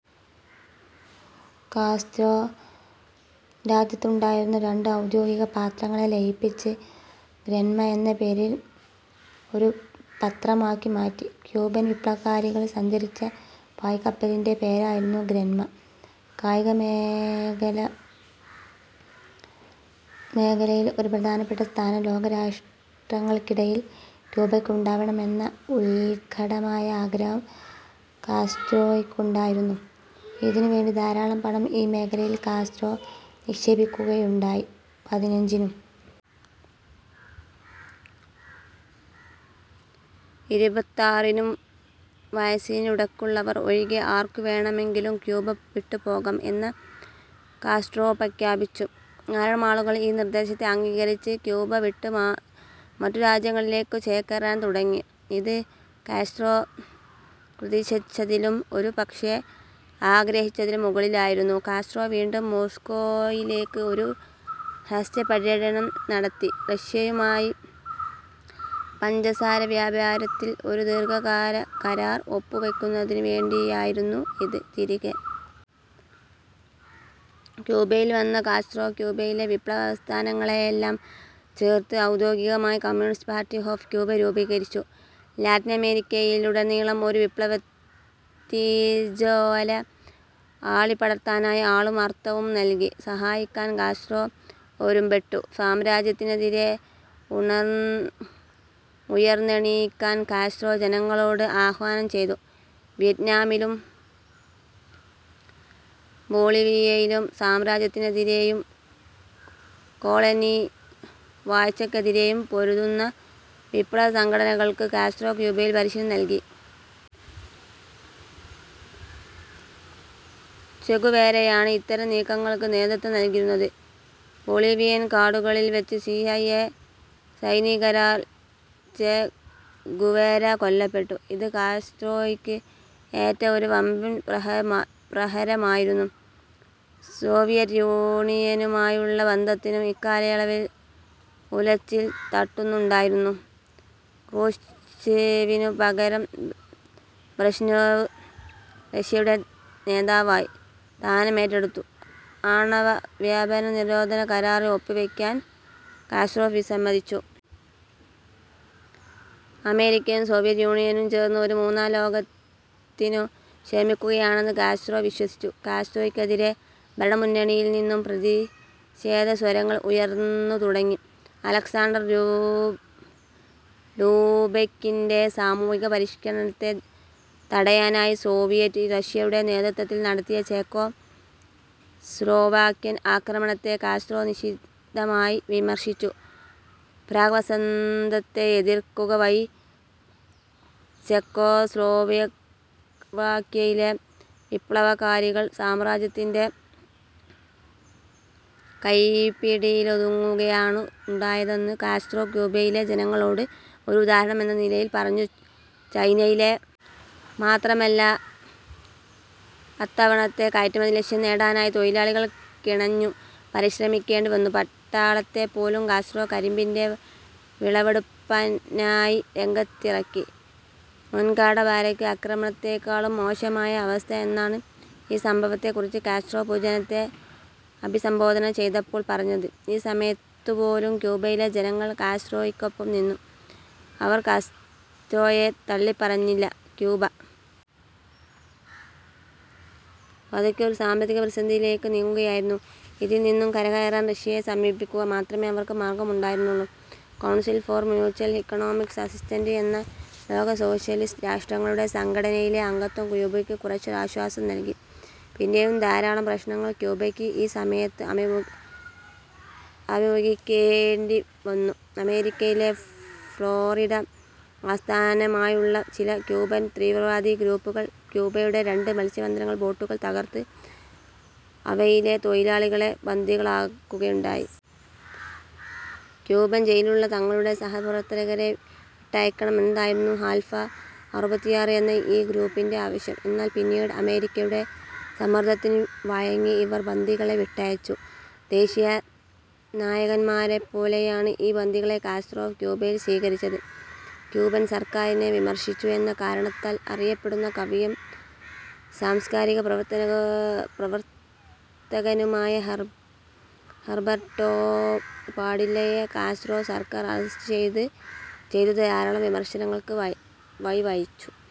Castro രാജ്യത്തുണ്ടായിരുന്ന രണ്ട് ഔദ്യോഗിക പത്രങ്ങളെ ലയിപ്പിച്ച് ഗ്രന്മ എന്ന പേരിൽ ഒരു പത്രമാക്കി മാറ്റി. ക്യൂബൻ വിപ്ലവകാരികൾ സഞ്ചരിച്ച പായ്ക്കപ്പലിൻറെ പേരായിരുന്നു ഗ്രന്മ. കായികമേഖലയിൽ ഒരു പ്രധാനപ്പെട്ട സ്ഥാനം ലോകരാഷ്ട്രങ്ങൾക്കിടയിൽ ക്യൂബയ്ക്കുണ്ടാവണം എന്ന ഉൽക്കടമായ ആഗ്രഹം കാസ്ട്രോയ്ക്കുണ്ടായിരുന്നു. ഇതിനുവേണ്ടി ധാരാളം പണം ഈ മേഖലയിൽ കാസ്ട്രോ നിക്ഷേപിക്കുകയുണ്ടായി. പതിനഞ്ചിനും ഇരുപത്താറിനും വയസ്സിനിടയ്ക്കുള്ളവർ ഒഴികെ ആർക്കുവേണമെങ്കിലും ക്യൂബ വിട്ടുപോകാം എന്ന് കാസ്ട്രോ പ്രഖ്യാപിച്ചു. ധാരാളം ആളുകൾ ഈ നിർദ്ദേശത്തെ അംഗീകരിച്ച് ക്യൂബ വിട്ട് മറ്റു രാജ്യങ്ങളിലേക്കു ചേക്കേറാൻ തുടങ്ങി. ഇത് കാസ്ട്രോ പ്രതീക്ഷിച്ചതിലും, ഒരു പക്ഷേ ആഗ്രഹിച്ചതിലും മുകളിലായിരുന്നു. കാസ്ട്രോ വീണ്ടും മോസ്കോയിലേക്ക് ഒരു ഹ്രസ്വപര്യടനം നടത്തി. റഷ്യയുമായി പഞ്ചസാരവ്യാപാരത്തിൽ ഒരു ദീർഘകാല കരാർ ഒപ്പുവെക്കുന്നതിനുവേണ്ടിയായിരുന്നു ഇത്. തിരികെ ക്യൂബയിൽ വന്ന കാസ്ട്രോ ക്യൂബയിലെ വിപ്ലവപ്രസ്ഥാനങ്ങളെയെല്ലാം ചേർത്ത് ഔദ്യോഗികമായി കമ്മ്യൂണിസ്റ്റ് പാർട്ടി ഓഫ് ക്യൂബ രൂപീകരിച്ചു. ലാറ്റിനമേരിക്കയിലുടനീളം ഒരു വിപ്ലവത്തീജ്വാല ആളിപ്പടർത്താനായി ആളും അർത്ഥവും നൽകി സഹായിക്കാൻ കാസ്ട്രോ ഒരുമ്പെട്ടു. സാമ്രാജ്യത്വത്തിനെതിരേ ഉയർന്നെണീക്കാൻ കാസ്ട്രോ ജനങ്ങളോട് ആഹ്വാനം ചെയ്തു. വിയറ്റ്നാമിലും ബൊളീവിയയിലും സാമ്രാജ്യത്വത്തിനെതിരേയും കോളനിവാഴ്ചയ്ക്കെതിരേയും പൊരുതുന്ന വിപ്ലവസംഘടനകൾക്ക് കാസ്ട്രോ ക്യൂബയിൽ പരിശീലനം നൽകി. ചെ ഗുവേരയാണ് ഇത്തരം നീക്കങ്ങൾക്ക് നേതൃത്വം നൽകിയിരുന്നത്. ബൊളീവിയൻ കാടുകളിൽവച്ച് സി ഐ എ സൈനികരാൽ ചെ ഗുവേര കൊല്ലപ്പെട്ടു. ഇത് കാസ്ട്രോയ്ക്ക് ഏറ്റ ഒരു വമ്പൻ പ്രഹരമായിരുന്നു. സോവിയറ്റ് യൂണിയനുമായുള്ള ബന്ധത്തിനും ഇക്കാലയളവിൽ ഉലച്ചിൽ തട്ടുന്നുണ്ടായിരുന്നു. ക്രൂഷ്ചേവിനു പകരം ബ്രഷ്നേവ് റഷ്യയുടെ നേതാവായി സ്ഥാനമേറ്റെടുത്തു. ആണവവ്യാപനനിരോധന കരാറിൽ ഒപ്പുവയ്ക്കാൻ കാസ്ട്രോ വിസമ്മതിച്ചു. അമേരിക്കയും സോവിയറ്റ് യൂണിയനും ചേർന്ന് ഒരു മൂന്നാംലോകത്തിനു ശ്രമിക്കുകയാണെന്ന് കാസ്ട്രോ വിശ്വസിച്ചു. കാസ്ട്രോയ്ക്കെതിരേ ഭരണ മുന്നണിയിൽനിന്നും പ്രതിഷേധസ്വരങ്ങൾ ഉയർന്നുതുടങ്ങി. അലക്സാണ്ടർ ഡ്യൂബെക്കിൻറെ സാമൂഹിക പരിഷ്കരണത്തെ തടയാനായി സോവിയറ്റ് റഷ്യയുടെ നേതൃത്വത്തിൽ നടത്തിയ ചെക്കോസ്ലോവാക്യൻ ആക്രമണത്തെ കാസ്ട്രോ നിശിതമായി വിമർശിച്ചു. പ്രാഗ് വസന്തത്തെ എതിർക്കുക വഴി ചെക്കോസ്ലോവാക്യയിലെ വിപ്ലവകാരികൾ സാമ്രാജ്യത്വത്തിൻറെ കൈപ്പിടിയിലൊതുങ്ങുകയാണുണ്ടാവുകയെന്ന് കാസ്ട്രോ ക്യൂബയിലെ ജനങ്ങളോട് ഒരു ഉദാഹരണം എന്ന നിലയിൽ പറഞ്ഞു. ചൈനയിലെ മാത്രമല്ല, അത്തവണത്തെ കയറ്റുമതി ലക്ഷ്യം നേടാനായി തൊഴിലാളികൾ കിണഞ്ഞു പരിശ്രമിക്കേണ്ടിവന്നു. പട്ടാളത്തെപ്പോലും കാസ്ട്രോ കരിമ്പിൻറെ വിളവെടുപ്പിനായി രംഗത്തിറക്കി. മൊൻകാട ബാരക്ക് ആക്രമണത്തേക്കാളും മോശമായ അവസ്ഥ എന്നാണ് ഈ സംഭവത്തെക്കുറിച്ച് കാസ്ട്രോ പൊതുജനത്തെ അഭിസംബോധന ചെയ്തപ്പോൾ പറഞ്ഞത്. ഈ സമയത്തുപോലും ക്യൂബയിലെ ജനങ്ങൾ കാസ്ട്രോയ്ക്കൊപ്പം നിന്നു. അവർ കാസ്ട്രോയെ തള്ളിപ്പറഞ്ഞില്ല. ക്യൂബ പതുക്കെ ഒരു സാമ്പത്തിക പ്രതിസന്ധിയിലേക്കു നീങ്ങുകയായിരുന്നു. ഇതിൽനിന്നും കരകയറാൻ റഷ്യയെ സമീപിക്കുക മാത്രമേ അവർക്ക് മാർഗ്ഗമുണ്ടായിരുന്നുള്ളൂ. Council for Mutual Economic Assistance എന്ന ലോക സോഷ്യലിസ്റ്റ് രാഷ്ട്രങ്ങളുടെ സംഘടനയിലെ അംഗത്വം ക്യൂബയ്ക്ക് കുറച്ചൊരാശ്വാസം നൽകി. പിന്നെയും ധാരാളം പ്രശ്നങ്ങൾ ക്യൂബയ്ക്ക് ഈ സമയത്ത് അഭിമുഖീകരിക്കേണ്ടിവന്നു. അമേരിക്കയിലെ ഫ്ലോറിഡ ആസ്ഥാനമായുള്ള ചില ക്യൂബൻ തീവ്രവാദി ഗ്രൂപ്പുകൾ ക്യൂബയുടെ രണ്ട് മത്സ്യബന്ധന ബോട്ടുകൾ തകർത്ത് അവയിലെ തൊഴിലാളികളെ ബന്ദികളാക്കുകയുണ്ടായി. ക്യൂബൻ ജയിലിലുള്ള തങ്ങളുടെ സഹപ്രവർത്തകരെ വിട്ടയക്കണം എന്നതായിരുന്നു ആൽഫ അറുപത്തിയാറ് എന്ന ഈ ഗ്രൂപ്പിൻറെ ആവശ്യം. എന്നാൽ പിന്നീട് അമേരിക്കയുടെ സമ്മർദ്ദത്തിനു വഴങ്ങി ഇവർ ബന്ദികളെ വിട്ടയച്ചു. ദേശീയ നായകന്മാരെപ്പോലെയാണ് ഈ ബന്ദികളെ കാസ്ട്രോ ക്യൂബയിൽ സ്വീകരിച്ചത്. ക്യൂബൻ സർക്കാരിനെ വിമർശിച്ചു എന്ന കാരണത്താൽ അറിയപ്പെടുന്ന കവിയും സാംസ്കാരികപ്രവർത്തകനുമായ ഹെർബർട്ടോ പാഡില്ലയെ കാസ്ട്രോ സർക്കാർ അറസ്റ്റ് ചെയ്തത് ധാരാളം വിമർശനങ്ങൾക്ക് വഴിവച്ചു.